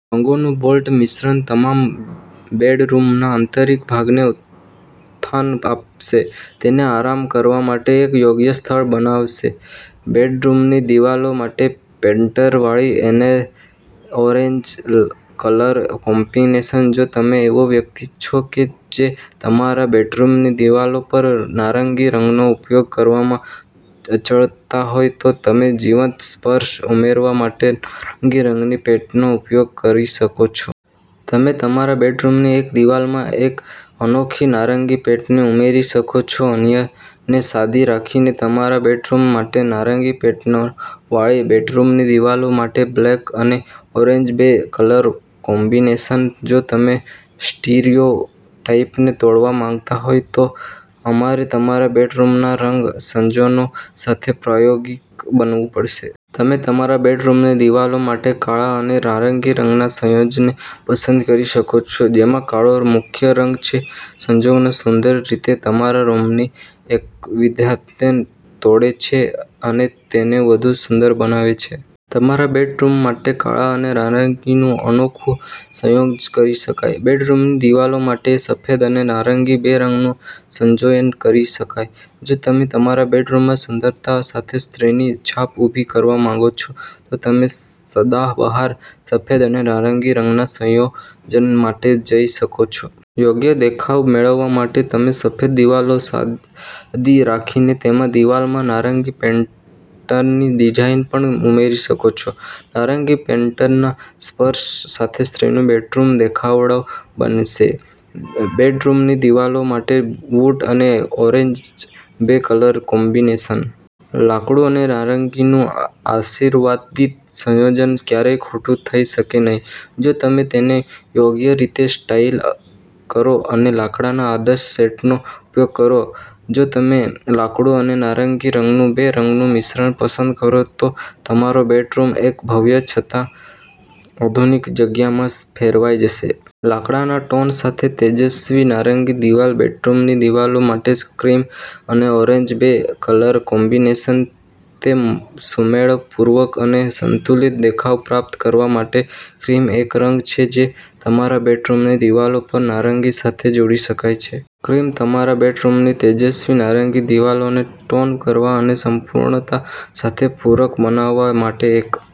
રંગોનું bold મિશ્રણ તમારા બેડરૂમના આંતરિક ભાગને ઉત્થાન આપશે, તેને આરામ કરવા માટે એક યોગ્ય સ્થળ બનાવે છે. બેડરૂમની દિવાલો માટે પેટર્નવાળી ઓરેન્જ કલર કોમ્બિનેશન. જો તમે એવા વ્યક્તિ છો કે જે તમારા બેડરૂમની દિવાલો પર નારંગી રંગનો ઉપયોગ કરવામાં અચકાતા હોય, તો તમે જીવંત સ્પર્શ ઉમેરવા માટે નારંગી રંગની પેટર્નનો ઉપયોગ કરી શકો છો. તમે તમારા બેડરૂમની એક દિવાલમાં એક અનોખી નારંગી પેટર્ન ઉમેરી શકો છો, અન્યને સાદી રાખીને. તમારા બેડરૂમ માટે નારંગી પેટર્નવાળી બેડરૂમની દિવાલો માટે બ્લેક અને ઓરેન્જ બે કલર કોમ્બિનેશન જો તમે સ્ટીરિયોટાઇપને તોડવા માંગતા હો, તો તમારે તમારા બેડરૂમના રંગ સંયોજનો સાથે પ્રાયોગિક બનવું પડશે. તમે તમારા બેડરૂમની દિવાલો માટે કાળા અને નારંગી રંગના સંયોજનને પસંદ કરી શકો છો, જેમાં કાળો મુખ્ય રંગ છે. સંયોજન સુંદર રીતે તમારા રૂમની એકવિધતાને તોડે છે અને તેને વધુ સુંદર બનાવે છે. તમારા બેડરૂમ માટે કાળા અને નારંગીનું અનોખું સંયોજન કરી શકાય. બેડરૂમની દિવાલો માટે સફેદ અને નારંગી બે રંગનું સંયોજન કરી શકાય. જો તમે તમારા બેડરૂમમાં સુંદરતા સાથે સ્ત્રીની છાપ ઉભી કરવા માંગો છો, તો તમે સદાબહાર સફેદ અને નારંગી રંગના સંયોજન માટે જઈ શકો છો. યોગ્ય દેખાવ મેળવવા માટે તમે સફેદ દિવાલોને સાદી રાખીને, તેમાં દિવાલમાં નારંગી પેટર્નની ડિઝાઇન પણ ઉમેરી શકો છો. નારંગી પેટર્નના સ્પર્શ સાથે સ્ત્રીનું બેડરૂમ દેખાવડો બને છે. બેડરૂમની દિવાલો માટે વુડ અને ઓરેન્જ બે કલર કોમ્બિનેશન. લાકડું અને નારંગીનું આશીર્વાદિત સંયોજન ક્યારેય ખોટું થઈ શકે નહિ, જો તમે તેને યોગ્ય રીતે સ્ટાઈલ કરો અને લાકડાના આદર્શ શેડનો ઉપયોગ કરો. જો તમે લાકડું અને નારંગી રંગનું બે રંગનું મિશ્રણ પસંદ કરો તો તમારો બેડરૂમ એક ભવ્ય છતાં આધુનિક જગ્યામાં ફેરવાઈ જશે. લાકડાના ટોન સાથે તેજસ્વી નારંગી દિવાલ, બેડરૂમની દિવાલો માટે ક્રીમ અને ઓરેન્જ બે કલર કોમ્બિનેશન. તે સુમેળપૂર્ણ અને સંતુલિત દેખાવ પ્રાપ્ત કરવા માટે, ક્રીમ એક રંગ છે જે તમારા બેડરૂમની દિવાલો પર નારંગી સાથે જોડી શકાય છે. ક્રીમ તમારા બેડરૂમની તેજસ્વી નારંગી દિવાલોને ટોન કરવા અને સંપૂર્ણતા સાથે પૂરક બનાવવા માટે એક